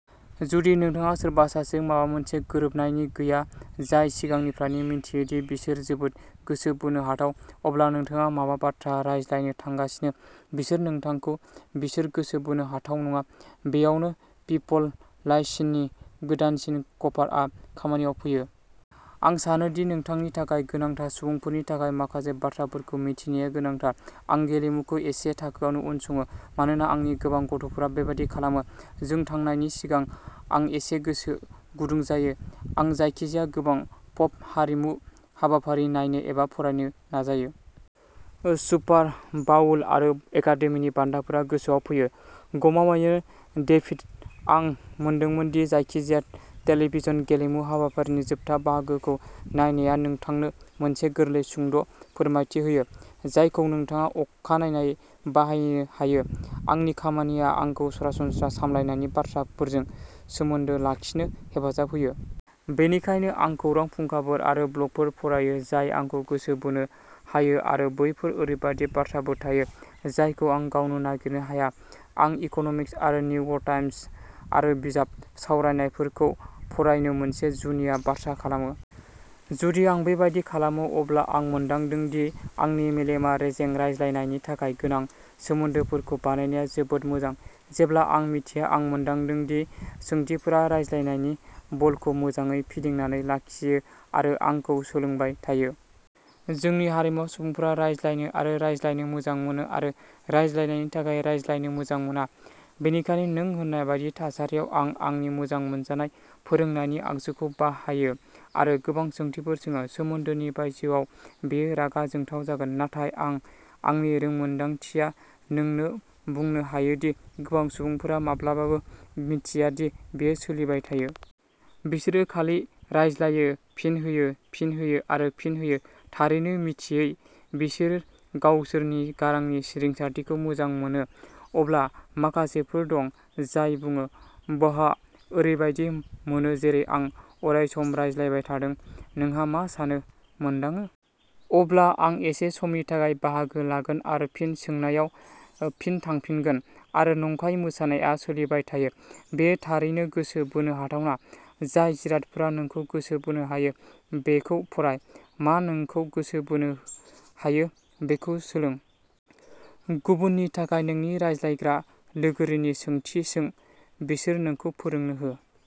जुदि नोंथांहा सोरबा सासेजों माबा मोनसे गोरोबनायनि गैया, जाय सिगांनिफ्रायनो मिन्थियो दि बिसोर जोबोद गोसो बोनो हाथाव, अब्ला नोंथाङा मा बाथ्रा रायज्लायनो थांगासिनो बिसोर नोंथांखौ बिसोर गोसो बोनो हाथाव नङा। बेआवनो पिपल लाइसिनि गोदानसिन कभारआ खामानियाव फैयो। आं सानो दि नोंथांनि थाखाय गोनांथार सुबुंफोरनि थाखाय माखासे बाथ्राफोरखौ मिथिनाया गोनांथार। आं गेलेमुखौ एसेल' थाखोआव उनसङो मानोना आंनि गोबां गथ' फोरा बेबादि खालामो। जों थांनायनि सिगां आं एसे गोसो गुदुं जायो। आं जायखिजाया गोनां पप हारिमु हाबाफारि नायनो एबा फरायनो नाजायो। सुपार बाउल आरो एकादेमि बान्थाफोरा गोसोआव फैयो। गमामायै, डेभिड, आं मोनदों दि जायखिजाया टेलिभिजन गेलेमु हाबाफारिनि जोबथा बाहागोखौ नायनाया नोंथांनो मोनसे गोरलै सुंद' फोरमायथि होयो, जायखौ नोंथाङा अखानायै बाहायनो हायो। आंनि खामानिया आंखौ सरासनस्रा सामलायनायनि बाथ्राफोरजों सोमोन्दो लाखिनो हेफाजाब होयो। बेनिखायनो आं खौरां फुंखाफोर आरो ब्लगफोर फरायो जाय आंखौ गोसो बोनो हायो आरो बैफोराव ओरैबायदि बाथ्राफोर थायो जायखौ आं गावनो नागिरनो हाया। आं इक'न'मिस्ट आरो निउयर्क टाइम्स आरो बिजाब सावरायनायफोरखौ फरायनो मोनसे जुनिया बाथ्रा खालामो। जुदि आं बेबादि खालामो, अब्ला आं मोनदों दि आंनि मेलेमआ रेजें रायज्लायनायनि थाखाय गोनां सोमोन्दोफोरखौ बानायनायाव जोबोद मोजां। जेब्ला आं मिथिया, आं मोनदों दि सोंथिफोरा रायज्लायनायनि बलखौ मोजाङैनो फिदिंनानै लाखियो आरो आंखौ सोलोंबाय थायो। जोंनि हारिमुआव, सुबुंफोरा रायज्लायनो आरो रायज्लायनो मोजां मोनो आरो रायज्लायनायनि थाखाय रायज्लायनो मोजां मोना। बेनिखायनो, नों होनाय बायदि थासारियाव, आं आंनि मोजां मोनजानाय फोरोंनायनि आगजुखौ बाहायो आरो गोबां सोंथिफोर सोङो। सोमोन्दोनि बायजोआव बेयो रागा जोंथाव जागोन, नाथाय आं आंनि रोंमोन्दांथिया नोंनो बुंनो हायो दि गोबां सुबुंफोरा माब्लाबाबो मिन्थिया दि बेयो सोलिबाय थायो। बिसोरो खालि रायज्लायो, फिन होयो, फिन होयो आरो फिन होयो थारैनो, मिथियै। बिसोर गावसोरनि गारांनि रिंसारथिखौ मोजां मोनो। अब्ला माखासेफोर दं जाय बुङो, "बाह, ओरैबायदि मोनो जेरै आं अरायसम रायज्लायबाय थादों, नोंहा मा सानो मोनदाङो?" अब्ला, आं एसे समनि थाखाय बाहागो लागोन आरो फिन सोंनायाव ओथांफिनगोन आरो नंखाय मोसानायआ सोलिबाय थायो। बेयो थारैनो गोसो बोनो हाथावना। जाय जिरादफोरा नोंखौ गोसो बोनो हायो बेखौ फराय। मा नोंखौ गोसो बोनो हायो बेखौ सोलों। गुबुननि थाखाय, नोंनि रायज्लायग्रा लोगोरिनि सोंथि सों। बिसोर नोंखौ फोरोंनो हो।